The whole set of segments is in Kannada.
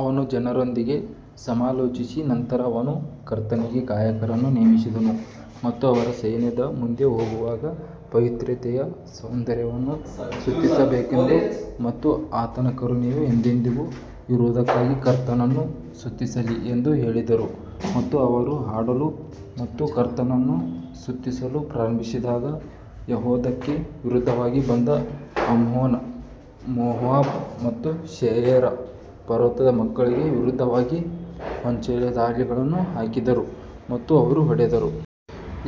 ಅವನು ಜನರೊಂದಿಗೆ ಸಮಾಲೋಚಿಸಿದ ನಂತರ ಅವನು ಕರ್ತನಿಗೆ ಗಾಯಕರನ್ನು ನೇಮಿಸಿದನು ಮತ್ತು ಅವರು ಸೈನ್ಯದ ಮುಂದೆ ಹೋಗುವಾಗ ಪವಿತ್ರತೆಯ ಸೌಂದರ್ಯವನ್ನು ಸ್ತುತಿಸಬೇಕೆಂದು ಮತ್ತು ಆತನ ಕರುಣೆಯು ಎಂದೆಂದಿಗೂ ಇರುವದಕ್ಕಾಗಿ ಕರ್ತನನ್ನು ಸ್ತುತಿಸಲಿ ಎಂದು ಹೇಳಿದರು. ಮತ್ತು ಅವರು ಹಾಡಲು ಮತ್ತು ಕರ್ತನನ್ನು ಸ್ತುತಿಸಲು ಪ್ರಾರಂಭಿಸಿದಾಗ ಯೆಹೂದಕ್ಕೆ ವಿರುದ್ಧವಾಗಿ ಬಂದ ಅಮ್ಮೋನ್ ಮೋವಾಬ್ ಮತ್ತು ಸೇಯರ್ ಪರ್ವತದ ಮಕ್ಕಳಿಗೆ ವಿರುದ್ಧವಾಗಿ ಹೊಂಚುದಾಳಿಗಳನ್ನು ಹಾಕಿದರು ಮತ್ತು ಅವರು ಹೊಡೆದರು.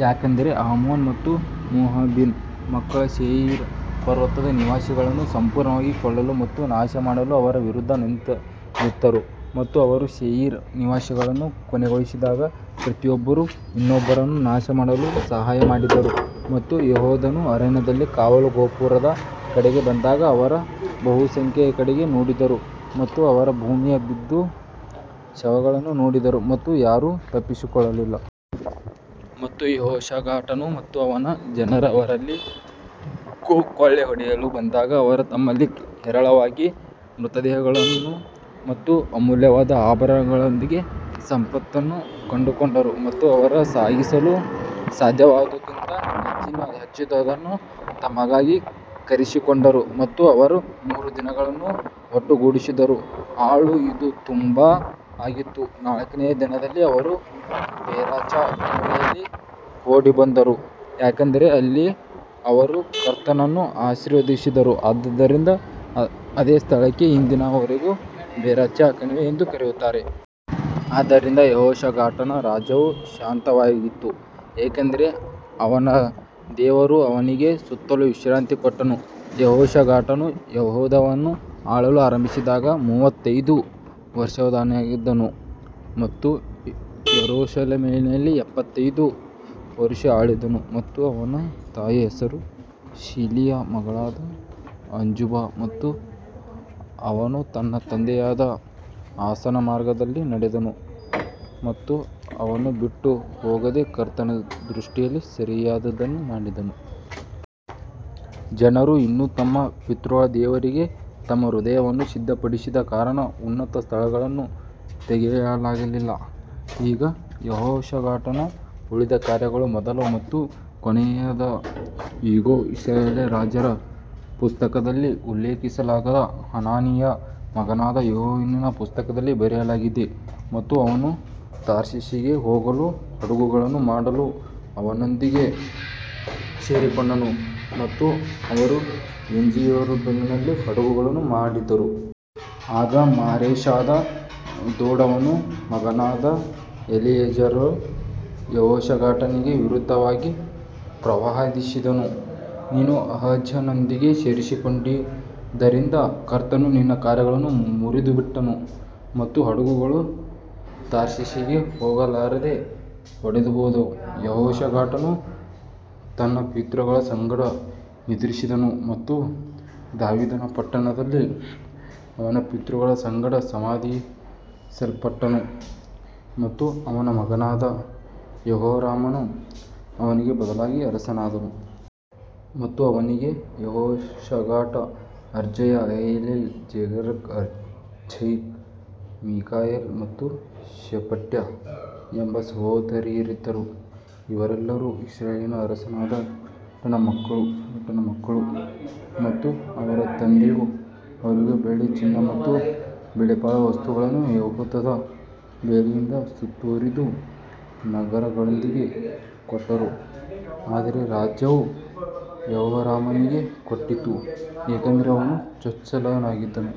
ಯಾಕಂದರೆ ಅಮ್ಮೋನ್ ಮತ್ತು ಮೋವಾಬಿನ ಮಕ್ಕಳು ಸೇಯಿರ್ ಪರ್ವತದ ನಿವಾಸಿಗಳನ್ನು ಸಂಪೂರ್ಣವಾಗಿ ಕೊಲ್ಲಲು ಮತ್ತು ನಾಶಮಾಡಲು ಅವರ ವಿರುದ್ಧ ನಿಂತರು ಮತ್ತು ಅವರು ಸೇಯಿರ್ ನಿವಾಸಿಗಳನ್ನು ಕೊನೆಗೊಳಿಸಿದಾಗ ಪ್ರತಿಯೊಬ್ಬರೂ ಇನ್ನೊಬ್ಬರನ್ನು ನಾಶಮಾಡಲು ಸಹಾಯ ಮಾಡಿದರು. ಮತ್ತು ಯೆಹೂದನು ಅರಣ್ಯದಲ್ಲಿ ಕಾವಲು ಗೋಪುರದ ಕಡೆಗೆ ಬಂದಾಗ ಅವರು ಬಹುಸಂಖ್ಯೆಯ ಕಡೆಗೆ ನೋಡಿದರು ಮತ್ತು ಅವರು ಭೂಮಿಗೆ ಬಿದ್ದ ಶವಗಳನ್ನು ನೋಡಿದರು ಮತ್ತು ಯಾರೂ ತಪ್ಪಿಸಿಕೊಳ್ಳಲಿಲ್ಲ. ಮತ್ತು ಯೆಹೋಷಾಫಾಟನು ಮತ್ತು ಅವನ ಜನರು ಅವರಲ್ಲಿ ಕೊಳ್ಳೆಹೊಡೆಯಲು ಬಂದಾಗ ಅವರು ತಮ್ಮಲ್ಲಿ ಹೇರಳವಾಗಿ ಮೃತದೇಹಗಳು ಮತ್ತು ಅಮೂಲ್ಯವಾದ ಆಭರಣಗಳೊಂದಿಗೆ ಸಂಪತ್ತನ್ನು ಕಂಡುಕೊಂಡರು ಮತ್ತು ಅವರು ಸಾಗಿಸಲು ಸಾಧ್ಯವಾಗುವುದಕ್ಕಿಂತ ಹೆಚ್ಚಿನದನ್ನು ತಮಗಾಗಿ ಕಸಿದುಕೊಂಡರು ಮತ್ತು ಅವರು ಮೂರು ದಿನಗಳನ್ನು ಒಟ್ಟುಗೂಡಿಸಿದರು. ಹಾಳು ಇದು ತುಂಬಾ ಆಗಿತ್ತು ನಾಲ್ಕನೆಯ ದಿನದಲ್ಲಿ ಅವರು ಬೆರಾಚಾ ಕಣಿವೆಯಲ್ಲಿ ಕೂಡಿಬಂದರು, ಯಾಕಂದರೆ ಅಲ್ಲಿ ಅವರು ಕರ್ತನನ್ನು ಆಶೀರ್ವದಿಸಿದರು, ಆದ್ದರಿಂದ ಅದೇ ಸ್ಥಳಕ್ಕೆ ಇಂದಿನ ವರೆಗೆ ಬೆರಾಚಾ ಕಣಿವೆ ಎಂದು ಕರೆಯುತ್ತಾರೆ. ಆದ್ದರಿಂದ ಯೆಹೋಷಾಫಾಟನ ರಾಜ್ಯವು ಶಾಂತವಾಗಿತ್ತು, ಏಕೆಂದರೆ ಅವನ ದೇವರು ಅವನಿಗೆ ಸುತ್ತಲೂ ವಿಶ್ರಾಂತಿ ಕೊಟ್ಟನು ಯೆಹೋಷಾಫಾಟನು ಯೆಹೂದವನ್ನು ಆಳಲು ಆರಂಭಿಸಿದಾಗ ಮೂವತ್ತೈದು ವರುಷದವನಾಗಿದ್ದನು ಮತ್ತು ಯೆರೂಸಲೇಮಿನಲ್ಲಿ ಇಪ್ಪತ್ತೈದು ವರುಷ ಆಳಿದನು ಮತ್ತು ಅವನ ತಾಯಿಯ ಹೆಸರು ಶಿಲ್ಹಿಯ ಮಗಳಾದ ಅಜೂಬಾ. ಮತ್ತು ಅವನು ತನ್ನ ತಂದೆಯಾದ ಆಸನ ಮಾರ್ಗದಲ್ಲಿ ನಡೆದನು ಮತ್ತು ಅದನ್ನು ಬಿಟ್ಟು ಹೋಗದೆ ಕರ್ತನ ದೃಷ್ಟಿಯಲ್ಲಿ ಸರಿಯಾದದ್ದನ್ನು ಮಾಡಿದನು. ಜನರು ಇನ್ನೂ ತಮ್ಮ ಪಿತೃಗಳ ದೇವರಿಗೆ ತಮ್ಮ ಹೃದಯವನ್ನು ಸಿದ್ಧಪಡಿಸದ ಕಾರಣ ಉನ್ನತ ಸ್ಥಳಗಳನ್ನು ತೆಗೆಯಲಾಗಿಲ್ಲ. ಈಗ ಯೆಹೋಷಾಫಾಟನ ಉಳಿದ ಕಾರ್ಯಗಳು ಮೊದಲ ಮತ್ತು ಕೊನೆಯದು ಇಗೋ, ಇಸ್ರಾಯೇಲ್ ರಾಜರ ಪುಸ್ತಕದಲ್ಲಿ ಉಲ್ಲೇಖಿಸಲಾದ ಹನಾನಿಯ ಮಗನಾದ ಯೇಹುವಿನ ಪುಸ್ತಕದಲ್ಲಿ ಬರೆಯಲಾಗಿದೆ. ಮತ್ತು ಅವನು ತಾರ್ಷಿಷಿಗೆ ಹೋಗಲು ಹಡಗುಗಳನ್ನು ಮಾಡಲು ಅವನೊಂದಿಗೆ ಸೇರಿಕೊಂಡನು ಮತ್ತು ಅವರು ಎಜಿಯೋಂಗೆಬರ್ನಲ್ಲಿ ಹಡಗುಗಳನ್ನು ಮಾಡಿದರು. ಆಗ ಮಾರೇಷಾದ ದೋಡವನ ಮಗನಾದ ಎಲೀಯೇಜರನು ಯೆಹೋಷಾಫಾಟನಿಗೆ ವಿರುದ್ಧವಾಗಿ ಪ್ರವಾದಿಸಿದನು, ನೀನು ಅಹಜ್ಯನೊಂದಿಗೆ ಸೇರಿಕೊಂಡಿದ್ದರಿಂದ ಕರ್ತನು ನಿನ್ನ ಕಾರ್ಯಗಳನ್ನು ಮುರಿದುಬಿಟ್ಟನು ಮತ್ತು ಹಡಗುಗಳು ತಾರ್ಷೀಷಿಗೆ ಹೋಗಲಾರದೆ ಒಡೆದುಹೋದವು. ಯೆಹೋಷಾಫಾಟನು ತನ್ನ ಪಿತೃಗಳ ಸಂಗಡ ನಿದ್ರಿಸಿದನು ಮತ್ತು ದಾವೀದನ ಪಟ್ಟಣದಲ್ಲಿ ಅವನ ಪಿತೃಗಳ ಸಂಗಡ ಸಮಾಧಿಮಾಡಲ್ಪಟ್ಟನು ಮತ್ತು ಅವನ ಮಗನಾದ ಯೆಹೋರಾಮನು ಅವನಿಗೆ ಬದಲಾಗಿ ಅರಸನಾದನು. ಮತ್ತು ಅವನಿಗೆ ಯೆಹೋಷಾಫಾಟ ಅಜರ್ಯ, ಯೆಹಿಯೇಲ್, ಜೆಕರ್ಯ, ಅಜರ್ಯ, ಮಿಕಾಯೇಲ್ ಮತ್ತು ಶೆಫಟ್ಯ ಎಂಬ ಸಹೋದರರಿದ್ದರು, ಇವರೆಲ್ಲರೂ ಇಸ್ರಾಯೇಲಿನ ಅರಸನಾದ ಯೆಹೋಷಾಫಾಟನ ಮಕ್ಕಳು. ಮತ್ತು ಅವರ ತಂದೆಯು ಅವರಿಗೆ ಬೆಳ್ಳಿ, ಚಿನ್ನ ಮತ್ತು ಬೆಲೆಬಾಳುವ ವಸ್ತುಗಳನ್ನು ಯೆಹೂದದ ಬೇಲಿಯಿಂದ ಸುತ್ತುವರಿದ ನಗರಗಳೊಂದಿಗೆ ಕೊಟ್ಟರು ಆದರೆ ರಾಜ್ಯವು ಯೆಹೋರಾಮನಿಗೆ ಕೊಟ್ಟಿತು ಏಕೆಂದರೆ ಅವನು ಚೊಚ್ಚಲನಾಗಿದ್ದನು.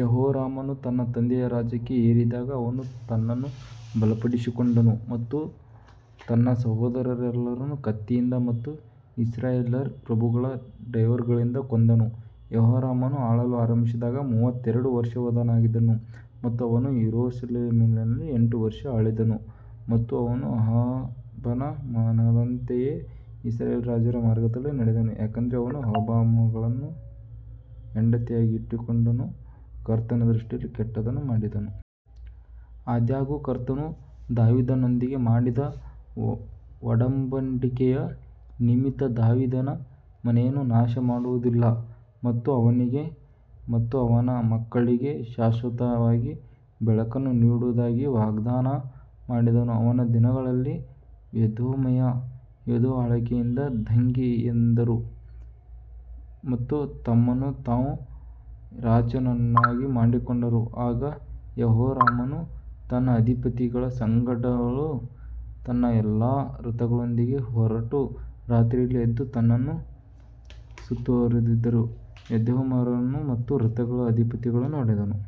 ಯೆಹೋರಾಮನು ತನ್ನ ತಂದೆಯ ರಾಜ್ಯಕ್ಕೆ ಏರಿದಾಗ ಅವನು ತನ್ನನ್ನು ಬಲಪಡಿಸಿಕೊಂಡನು ಮತ್ತು ತನ್ನ ಸಹೋದರರೆಲ್ಲರನ್ನು ಕತ್ತಿಯಿಂದ ಮತ್ತು ಇಸ್ರಾಯೇಲ್ಯರ ಪ್ರಭುಗಳ ಡೈವರ್ಗಳಿಂದ ಕೊಂದನು. ಯೆಹೋರಾಮನು ಆಳಲು ಆರಂಭಿಸಿದಾಗ ಮೂವತ್ತೆರಡು ವರ್ಷದವನಾಗಿದ್ದನು ಮತ್ತು ಅವನು ಯೆರೂಸಲೇಮಿನಲ್ಲಿ ಎಂಟು ವರ್ಷ ಆಳಿದನು. ಮತ್ತು ಅವನು ಅಹಾಬನ ಮನೆತನದಂತೆಯೇ ಇಸ್ರಾಯೇಲ್ ರಾಜರ ಮಾರ್ಗದಲ್ಲಿ ನಡೆದನು, ಯಾಕಂದರೆ ಅವನು ಅಹಾಬನ ಮಗಳನ್ನು ಹೆಂಡತಿಯಾಗಿಟ್ಟುಕೊಂಡು ಕರ್ತನ ದೃಷ್ಟಿಯಲ್ಲಿ ಕೆಟ್ಟದ್ದನ್ನು ಮಾಡಿದನು. ಆದಾಗ್ಯೂ ಕರ್ತನು ದಾವೀದನೊಂದಿಗೆ ಮಾಡಿದ ಒಡಂಬಡಿಕೆಯ ನಿಮಿತ್ತ ದಾವೀದನ ಮನೆಯನ್ನು ನಾಶಮಾಡುವುದಿಲ್ಲ ಮತ್ತು ಅವನಿಗೆ ಮತ್ತು ಅವನ ಮಕ್ಕಳಿಗೆ ಶಾಶ್ವತವಾಗಿ ಬೆಳಕನ್ನು ನೀಡುವುದಾಗಿ ವಾಗ್ದಾನ ಮಾಡಿದನು. ಅವನ ದಿನಗಳಲ್ಲಿ ಎದೋಮ್ಯರು ಯೆಹೂದದ ಆಳ್ವಿಕೆಯಿಂದ ದಂಗೆ ಎದ್ದರು ಮತ್ತು ತಮ್ಮನ್ನು ತಾವು ರಾಜನನ್ನಾಗಿ ಮಾಡಿಕೊಂಡರು ಆಗ ಯೆಹೋರಾಮನು ತನ್ನ ಅಧಿಪತಿಗಳ ಸಂಗಡಲೂ ತನ್ನ ಎಲ್ಲಾ ರಥಗಳೊಂದಿಗೆ ಹೊರಟು ರಾತ್ರಿಯಲ್ಲಿ ಎದ್ದು ತನ್ನನ್ನು ಸುತ್ತುವರಿದಿದ್ದ ಎದೋಮ್ಯರನ್ನು ಮತ್ತು ರಥಗಳ ಅಧಿಪತಿಗಳನ್ನು ಹೊಡೆದನು.